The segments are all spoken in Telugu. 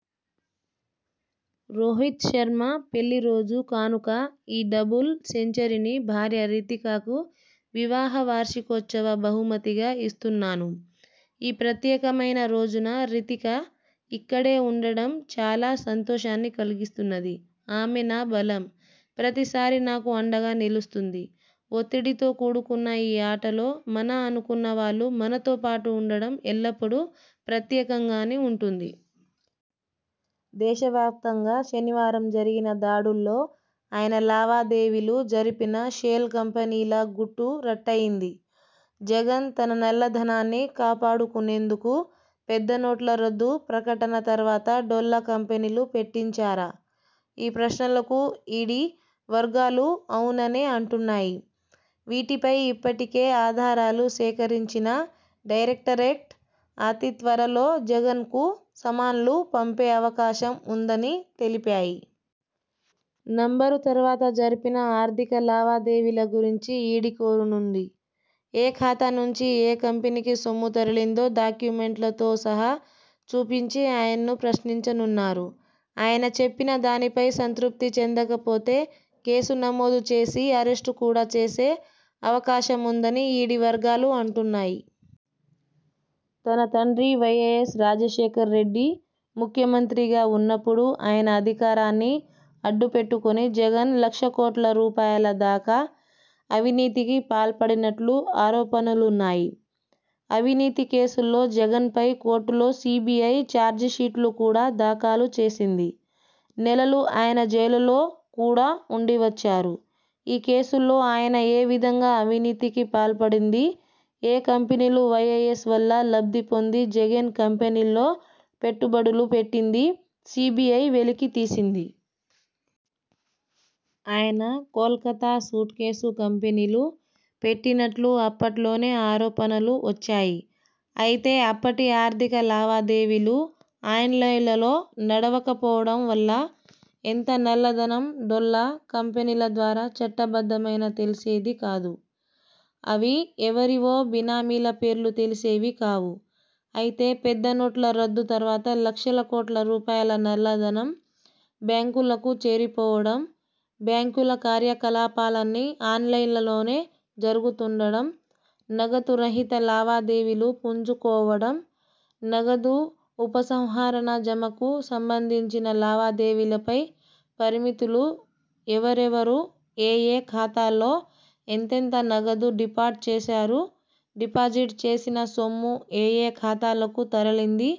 - రోహిత్ శర్మ పెళ్లి రోజు కానుక ఈ డబుల్ సెంచరీని భార్య రితికకు వివాహ వార్షికోత్సవ బహుమతిగా ఇస్తున్నాను. ఈ ప్రత్యేకమైన రోజున రితిక ఇక్కడే ఉండడం చాలా సంతోషాన్ని కలిగిస్తున్నది. ఆమే నా బలం. ప్రతిసారీ నాకు అండగా నిలుస్తుంది. ఒత్తిడితో కూడుకున్న ఈ ఆటలో మన అనుకున్నవాళ్లు మనతో పాటు ఉండడం ఎల్లప్పుడూ ప్రత్యేకంగానే ఉంటుంది. దేశవ్యాప్తంగా శనివారం జరిగిన దాడుల్లో ఆయన లావాదేవీలు జరిపిన షెల్ కంపెనీల గుట్టు రట్టయిందా? జగన్ తన నల్లధనాన్ని కాపాడుకునేందుకు పెద్ద నోట్ల రద్దు ప్రకటన తర్వాత డొల్ల కంపెనీలు పెట్టించారా? ఈ ప్రశ్నలకు ఈడీ వర్గాలు అవుననే అంటున్నాయి. వీటిపై ఇప్పటికే ఆధారాలు సేకరించిన డైరెక్టరేట్ అతిత్వరలో జగన్కు సమన్లు పంపే అవకాశం ఉందని తెలిపాయి. నంబర్ తర్వాత జరిపిన ఆర్థిక లావాదేవీల గురించి ఈడీ కోరునూది. ఏ ఖాతా నుంచి ఏ కంపెనీకి సొమ్ము తరలిందో డాక్యుమెంట్లతో సహా చూపించి ఆయన్ను ప్రశ్నించనున్నారు. ఆయన చెప్పిన దానిపై సంతృప్తి చెందకపోతే కేసు నమోదు చేసి అరెస్టు కూడా చేసే అవకాశముందని ఈడీ వర్గాలుఅంటున్నాయి. తన తండ్రి వైఎస్ రాజశేఖర్రెడ్డి ముఖ్యమంత్రిగా ఉన్నప్పుడు ఆయన అధికారాన్ని అడ్డుపెట్టుకుని జగన్ లక్ష కోట్ల రూపాయల దాకా అవినీతికి పాల్పడినట్లు ఆరోపణలున్నాయి. అవినీతి కేసుల్లో జగన్పై కోర్టులో సీబీఐ చార్జిషీట్లు కూడా దాఖలు చేసింది. నెలలు ఆయన జైలులో కూడా ఉండివచ్చారు. ఈ కేసుల్లో ఆయన ఏ విధంగా అవినీతికి పాల్పడింది ఏ కంపెనీలు వైఎస్ వల్ల లబ్ధి పొంది జగన్ కంపెనీల్లో పెట్టుబడులు పెట్టిందీ సీబీఐ వెలికి తీసింది. ఆయన కోల్కతా సూట్కేసు కంపెనీలు పెట్టినట్లు అప్పట్లోనే ఆరోపణలు వచ్చాయి. అయితే అప్పటి ఆర్థిక లావాదేవీలు ఆన్లైన్లో నడవకపోవడం వల్ల ఎంత నల్లధనం డొల్ల కంపెనీల ద్వారా చట్టబద్ధమైనా తెలిసేది కాదు. అవి ఎవరివో బినామీల పేర్లు తెలిసేవి కావు. అయితే పెద్ద నోట్ల రద్దు తర్వాత లక్షల కోట్ల రూపాయల నల్లధనం బ్యాంకులకు చేరిపోవడం, బ్యాంకుల కార్యకలాపాలన్నీ ఆన్లైన్లోనే జరుగుతుండడం, నగదు రహిత లావాదేవీలు పుంజుకోవడం, నగదు ఉపసంహరణ, జమకు సంబంధించిన లావాదేవీలపై పరిమితులు, ఎవరెవరు ఏయే ఖాతాల్లో ఎంతెంత నగదు డిపాట్ చేశారు డిపాజిట్ చేసిన సొమ్ము ఏయే ఖాతాలకు తరలింది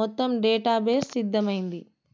మొత్తం డేటాబేస్ సిద్ధమైంది.